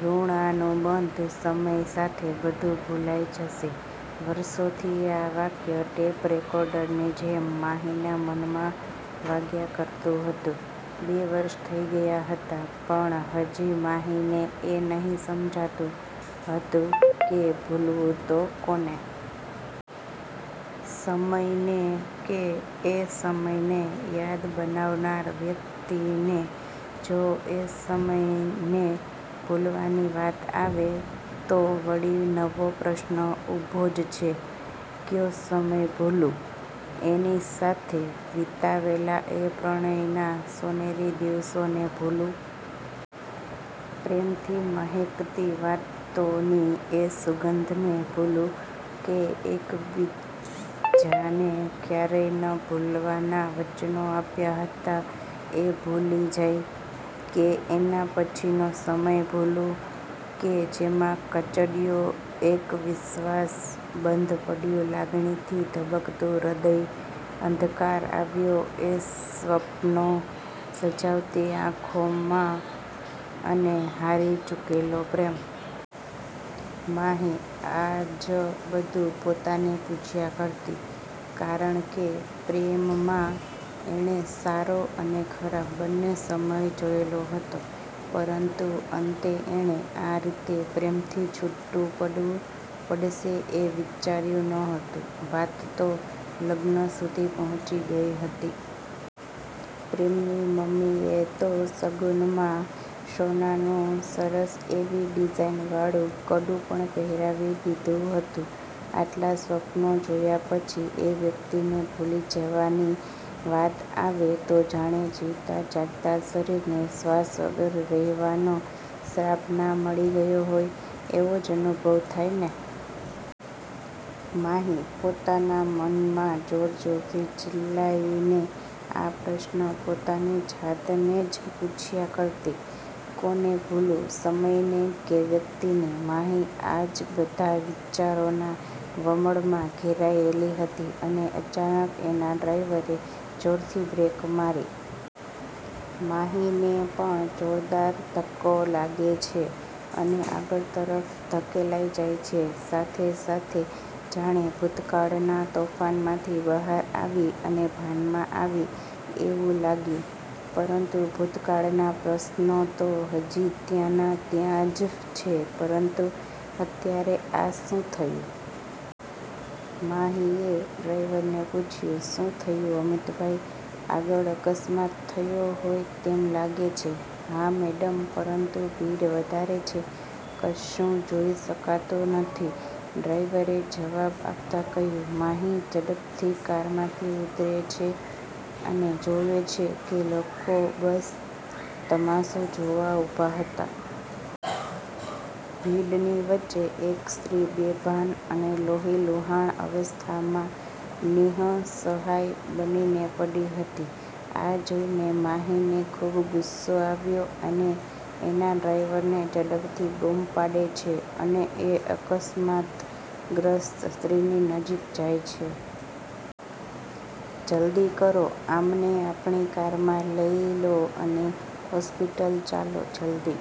ઋણાનુબંધ: "સમય સાથે બધું ભૂલાઈ જશે" વર્ષોથી આ વાક્ય ટેપ રેકોર્ડર ની જેમ માહી ના મનમાં વાગ્યા કરતુ હતું. બે વર્ષ થઈ ગયાં હતા. પણ હજી માહી ને એ નહી સમજાતું હતું કે ભૂલવું તો કોને? સમય ને, કે એ સમય ને યાદ બનાવનાર વ્યક્તિ ને? જો એ સમય ને ભૂલવાની વાત આવે તો વળી નવો પ્રશ્ન ઊભો જ છે. કયો સમય ભૂલું? એની સાથે વિતાવેલા એ પ્રણય ના સોનેરી દિવસો ને ભૂલું? પ્રેમ થી મહેકતી વાતો ની એ સુગંધ ને ભૂલું? કે એક બીજાને ક્યારેય ન ભૂલવના વચનો આપ્યા હતા એ ભૂલી જાય? કે એના પછી નો સમય ભૂલું? કે જેમાં કચડ્યો એક વિશ્વાસ, બંધ પડ્યું લાગણીથી ધબકતું હૃદય, અંધકાર આવ્યો એ સ્વપનો સજાવતી આંખો માં, અને હારી ચૂકેલો પ્રેમ. માહી આ જ બધું પોતાને પૂછ્યા કરતી. કારણ કે પ્રેમ માં એણે સારો અને ખરાબ બંને સમય જોયેલો હતો, પરંતુ અંતે એણે આ રીતે પ્રેમથી છૂટું પડવું પડશે એ વિચાર્યું ન હતું. વાત તો લગ્ન સુધી પહોંચી ગઈ હતી. પ્રેમ ની મમ્મીએ તો શગુનમાં સોનાનું સરસ એવી ડીઝાઇન વાળું કડું પણ પહેરાવી દીધું હતું. આટલા સ્વપનો જોયા પછી એ વ્યક્તિ ને ભૂલી જવાની વાત આવે તો જાણે જીવતા જાગતા શરીર ને શ્વાસ વગર રહેવાનો શ્રાપ ના મળી ગયો હોય, એવો જ અનુભવ થાય ને. માહી પોતાના મન માં જોર-જોરથી ચિલ્લાઈ ને આ પ્રશ્ન પોતાની જાત ને જ પૂછ્યા કરતી, "કોને ભૂલું? સમય ને કે વ્યક્તિ ને?" માહી આ જ બધા વિચારોના વમળમાં ઘેરાયેલી હતી અને અચાનક એનાં ડ્રાઈવરે જોરથી બ્રેક મારી. માહી ને પણ જોરદાર ધક્કો લાગે છે અને આગળ તરફ ધકેલાઈ જાય છે. સાથે-સાથે જાણે ભૂતકાળના તોફાનમાંથી બહાર આવી અને ભાનમાં આવી એવું લાગ્યું.. પરંતુ ભૂતકાળના પ્રશ્નો તો હજી ત્યાંના ત્યાં જ છે, પરંતુ અત્યારે આ શું થયું? માહી એ ડ્રાઈવર ને પૂછ્યું,"શું થયું અમિતભાઈ? આગળ અકસ્માત થયો હોય તેમ લાગે છે." "હા મેડમ, પરંતુ ભીડ વધારે છે. કશું જોઈ શકાતું નથી." ડ્રાઈવર એ જવાબ આપતા કહ્યું. માહી ઝડપથી કારમાંથી ઉતરે છે અને જોવે છે કે લોકો બસ તમાશો જોવા ઊભા હતા. ભીડ ની વચ્ચે એક સ્ત્રી બેભાન અને લોહીલુહાણ અવસ્થામાં નિ:સહાય બનીને પડી હતી. આ જોઈ ને માહી ને ખૂબ ગુસ્સો આવ્યો અને એના ડ્રાઈવરને ઝડપથી બૂમ પાડે છે, અને એ અકસમાતગ્રસ્ત સ્ત્રીની નજીક જાય છે. "જલ્દી કરો. આમને આપણી કારમા લઇ લો અને હોસ્પિટલ ચાલો, જલ્દી.